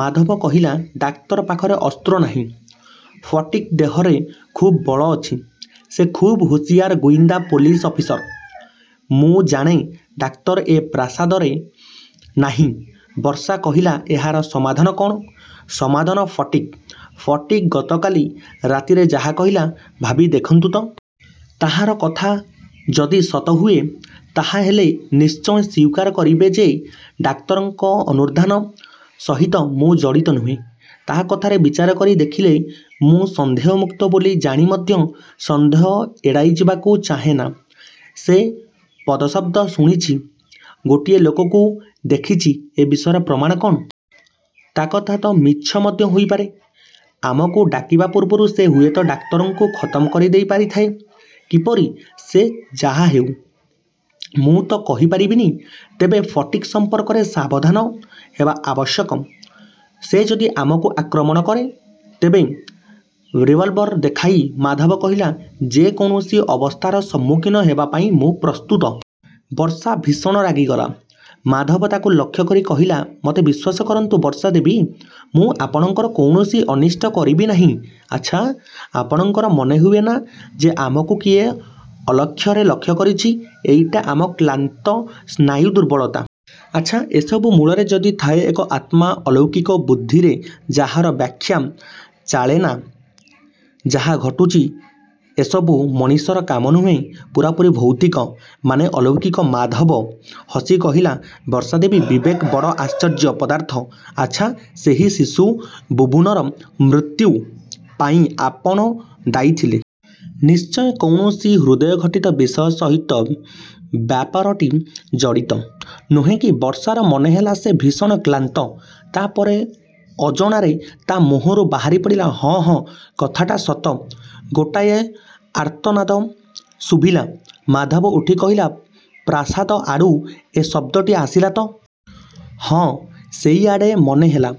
ମାଧବ କହିଲା, ଡାକ୍ତର ପାଖରେ ଅସ୍ତ୍ର ନାହିଁ। ଫଟିକ୍ ଦେହରେ ଖୁବ୍ ବଳ ଅଛି। ସେ ଖୁବ୍ ହୁସିଆର ଗୁଇନ୍ଦା ପୋଲିସ ଅଫିସର। ମୁଁ ଜାଣେ, ଡାକ୍ତର ଏ ପ୍ରାସାଦରେ ନାହିଁ। ବର୍ଷା କହିଲା, ଏହାର ସମାଧାନ କ'ଣ? ସମାଧାନ, ଫଟିକ୍? ଫଟିକ୍ ଗତକାଲି ରାତିରେ ଯାହା କହିଲା, ଭାବି ଦେଖନ୍ତୁ ତ! ତାହାର କଥା ଯଦି ସତ ହୁଏ, ତାହା ହେଲେ ନିଶ୍ଚୟ ସ୍ଵୀକାର କରିବେ ଯେ, ଡାକ୍ତରଙ୍କ ଅନ୍ତର୍ଦ୍ଧାନ ସହିତ ମୁଁ ଜଡ଼ିତ ନୁହେଁ। ତା କଥାରେ ବିଚାର କରି ଦେଖିଲେ ମୁଁ ସନ୍ଦେହମୁକ୍ତ ବୋଲି ଜାଣି ମଧ୍ୟ ସନ୍ଦେହ ଏଡ଼ାଇଯିବାକୁ ଚାହେଁନା। ସେ ପଦଶବ୍ଦ ଶୁଣିଛି, ଗୋଟିଏ ଲୋକକୁ ଦେଖିଛି, ଏ ବିଷୟରେ ପ୍ରମାଣ କ'ଣ? ତା କଥା ତ ମିଛ ମଧ୍ୟ ହୋଇପାରେ। ଆମକୁ ଡାକିବା ପୂର୍ବରୁ ସେ ହୁଏତ ଡାକ୍ତରଙ୍କୁ ଖତମ କରିଦେଇପାରିଥାଏ। କିପରି? ସେ ଯାହାହେଉ, ମୁଁ ତ କହିପାରିବିନି। ତେବେ ଫଟିକ୍ ସମ୍ପର୍କରେ ସାବଧାନ ହେବା ଆବଶ୍ୟକ। ସେ ଯଦି ଆମକୁ ଆକ୍ରମଣ କରେ, ତେବେ ରିଭଲଭର ଦେଖାଇ ମାଧବ କହିଲା, ଯେ କୌଣସି ଅବସ୍ଥାର ସମ୍ମୁଖୀନ ହେବା ପାଇଁ ମୁଁ ପ୍ରସ୍ତୁତ। ବର୍ଷା ଭୀଷଣ ରାଗିଗଲା। ମାଧବ ତାକୁ ଲକ୍ଷ୍ୟ କରି କହିଲା, ମୋତେ ବିଶ୍ଵାସ କରନ୍ତୁ, ବର୍ଷା ଦେବୀ! ମୁଁ ଆପଣଙ୍କର କୌଣସି ଅନିଷ୍ଟ କରିବି ନାହିଁ। ଆଚ୍ଛା, ଆପଣଙ୍କର ମନେହୁଏ ନା ଯେ ଆମକୁ କିଏ ଅଲକ୍ଷରେ ଲକ୍ଷ୍ୟ ରଖିଛି? ଏଇଟା ଆମ କ୍ଳାନ୍ତ ସ୍ନାୟୁ ଦୁର୍ବଳତା। ଆଚ୍ଛା, ଏସବୁ ମୂଳରେ ଯଦି ଥାଏ ଏକ ଆତ୍ମା ଅଲୌକିକ, ବୁଦ୍ଧିରେ ଯାହାର ବ୍ୟାଖ୍ୟା ଚଳେନା, ଯାହା ଘଟୁଛି ଏସବୁ ମଣିଷର କାମ ନୁହେଁ, ପୂରାପୂରି ଭୌତିକ, ମାନେ ଅଲୌକିକ ମାଧବ ହସି କହିଲା, ବର୍ଷା ଦେବୀ, ବିବେକ ବଡ଼ ଆଶ୍ଚର୍ଯ୍ୟ ପଦାର୍ଥ। ଆଚ୍ଛା, ସେହି ଶିଶୁ ବୁବୁନର ମୃତ୍ୟୁ ପାଇଁ ଆପଣ ଦାୟୀ ଥିଲେ। ନିଶ୍ଚୟ କୌଣସି ହୃଦୟଘଟିତ ବିଷୟ ସହିତ ବ୍ୟାପାରଟି ଜଡ଼ିତ। ନୁହେଁ କି? ବର୍ଷାର ମନେହେଲା ସେ ଭୀଷଣ କ୍ଳାନ୍ତ। ତା ପରେ ଅଜଣାରେ ତା ମୁହଁରୁ ବାହାରିପଡ଼ିଲା, ହଁ, ହଁ, କଥାଟା ସତ। ଗୋଟାଏ ଆର୍ତ୍ତନାଦ ଶୁଭିଲା। ମାଧବ ଉଠି କହିଲା, ପ୍ରାସାଦ ଆଡ଼ୁ ଏ ଶବ୍ଦଟି ଆସିଲା ତ? ହଁ, ସେଇଆଡ଼େ ମନେହେଲା।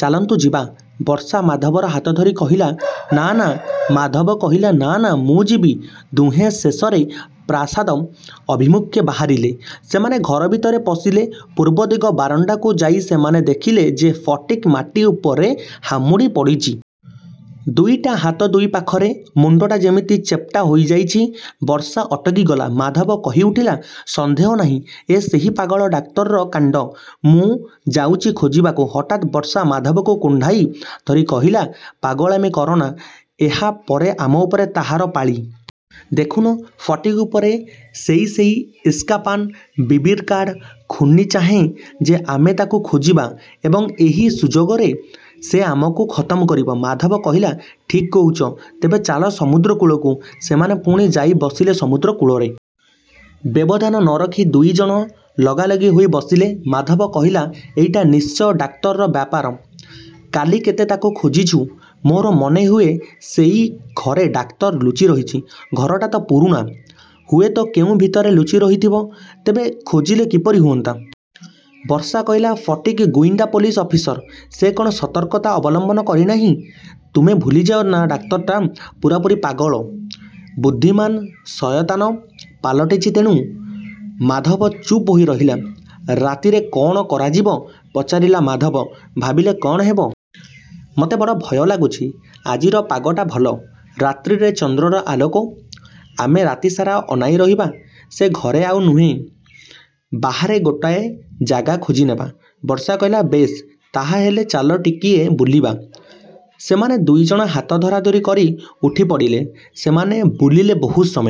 ଚାଲନ୍ତୁ ଯିବା। ବର୍ଷା ମାଧବର ହାତ ଧରି କହିଲା, ନା, ନା। ମାଧବ କହିଲା, ନା, ନା, ମୁଁ ଯିବି। ଦୁହେଁ ଶେଷରେ ପ୍ରାସାଦ ଅଭିମୁଖେ ବାହାରିଲେ। ସେମାନେ ଘର ଭିତରେ ପଶିଲେ। ପୂର୍ବଦିଗ ବାରଣ୍ଡାକୁ ଯାଇ ସେମାନେ ଦେଖିଲେ ଯେ ଫଟିକ୍ ମାଟି ଉପରେ ହାମୁଡ଼ି ପଡ଼ିଛି। ଦୁଇଟା ହାତ ଦୁଇ ପାଖରେ। ମୁଣ୍ଡଟା ଯେମିତି ଚେପ୍ଟା ହୋଇଯାଇଛି। ବର୍ଷା ଅଟକିଗଲା। ମାଧବ କହିଉଠିଲା, ସନ୍ଦେହ ନାହିଁ ଏ ସେହି ପାଗଳ ଡାକ୍ତରର କାଣ୍ଡ। ମୁଁ ଯାଉଛି ଖୋଜିବାକୁ। ହଠାତ୍ ବର୍ଷା ମାଧବକୁ କୁଣ୍ଢାଇ ଧରି କହିଲା, ପାଗଳାମି କରନା। ଏହା ପରେ ଆମ ଉପରେ ତାହାର ପାଳି। ଦେଖୁନ ଫଟିକ୍ ଉପରେ ସେଇ ,ସେଇ ଇସ୍କାପାନ ବିବିର କାର୍ଡ଼। ଖୁନୀ ଚାହେଁ ଯେ ଆମେ ତାକୁ ଖୋଜିବା ଏବଂ ଏହି ସୁଯୋଗରେ ସେ ଆମକୁ ଖତମ କରିବ। ମାଧବ କହିଲା, ଠିକ୍ କହୁଛ। ତେବେ ଚାଲ ସମୁଦ୍ର କୂଳକୁ। ସେମାନେ ପୁଣି ଯାଇ ବସିଲେ ସମୁଦ୍ର କୂଳରେ। ବ୍ୟବଧାନ ନ ରଖି ଦୁଇ ଜଣ ଲଗାଲଗି ହୋଇ ବସିଲେ। ମାଧବ କହିଲା, ଏଇଟା ନିଶ୍ଚୟ ଡାକ୍ତରର ବ୍ୟାପାର। କାଲି କେତେ ତାକୁ ଖୋଜିଛୁ! ମୋର ମନେହୁଏ ସେଇ ଘରେ ଡାକ୍ତର ଲୁଚିରହିଛି। ଘରଟା ତ ପୁରୁଣା। ହୁଏତ କେଉଁ ଭିତରେ ଲୁଚି ରହିଥିବ। ତେବେ ଖୋଜିଲେ କିପରି ହୁଅନ୍ତା? ବର୍ଷା କହିଲା, ଫଟିକ୍ ଗୁଇନ୍ଦା ପୋଲିସ ଅଫିସର। ସେ କ'ଣ ସତର୍କତା ଅବଲମ୍ବନ କରିନାହିଁ! ତମେ ଭୁଲିଯାଅ ନା ଡାକ୍ତରଟା ପୂରାପୂରି ପାଗଳ। ବୁଦ୍ଧିମାନ ଶୟତାନ ପାଲଟିଛି ତେଣୁ। ମାଧବ ଚୁପ ହୋଇ ରହିଲା। ରାତିରେ କ'ଣ କରାଯିବ? ପଚାରିଲା ମାଧବ। ଭାବିଲେ କ'ଣ ହେବ! ମୋତେ ବଡ଼ ଭୟ ଲାଗୁଛି। ଆଜିର ପାଗଟା ଭଲ। ରାତିରେ ଚନ୍ଦ୍ରର ଆଲୋକ। ଆମେ ରାତିସାରା ଅନାଇ ରହିବା। ସେ ଘରେ ଆଉ ନୁହେଁ। ବାହାରେ ଗୋଟାଏ ଜାଗା ଖୋଜିନେବା। ବର୍ଷା କହିଲା, ବେଶ୍, ତାହା ହେଲେ ଚାଲ ଟିକିଏ ବୁଲିବା। ସେମାନେ ଦୁଇ ଜଣ ହାତ ଧରାଧରି କରି ଉଠିପଡ଼ିଲେ। ସେମାନେ ବୁଲିଲେ ବହୁତ ସମୟ।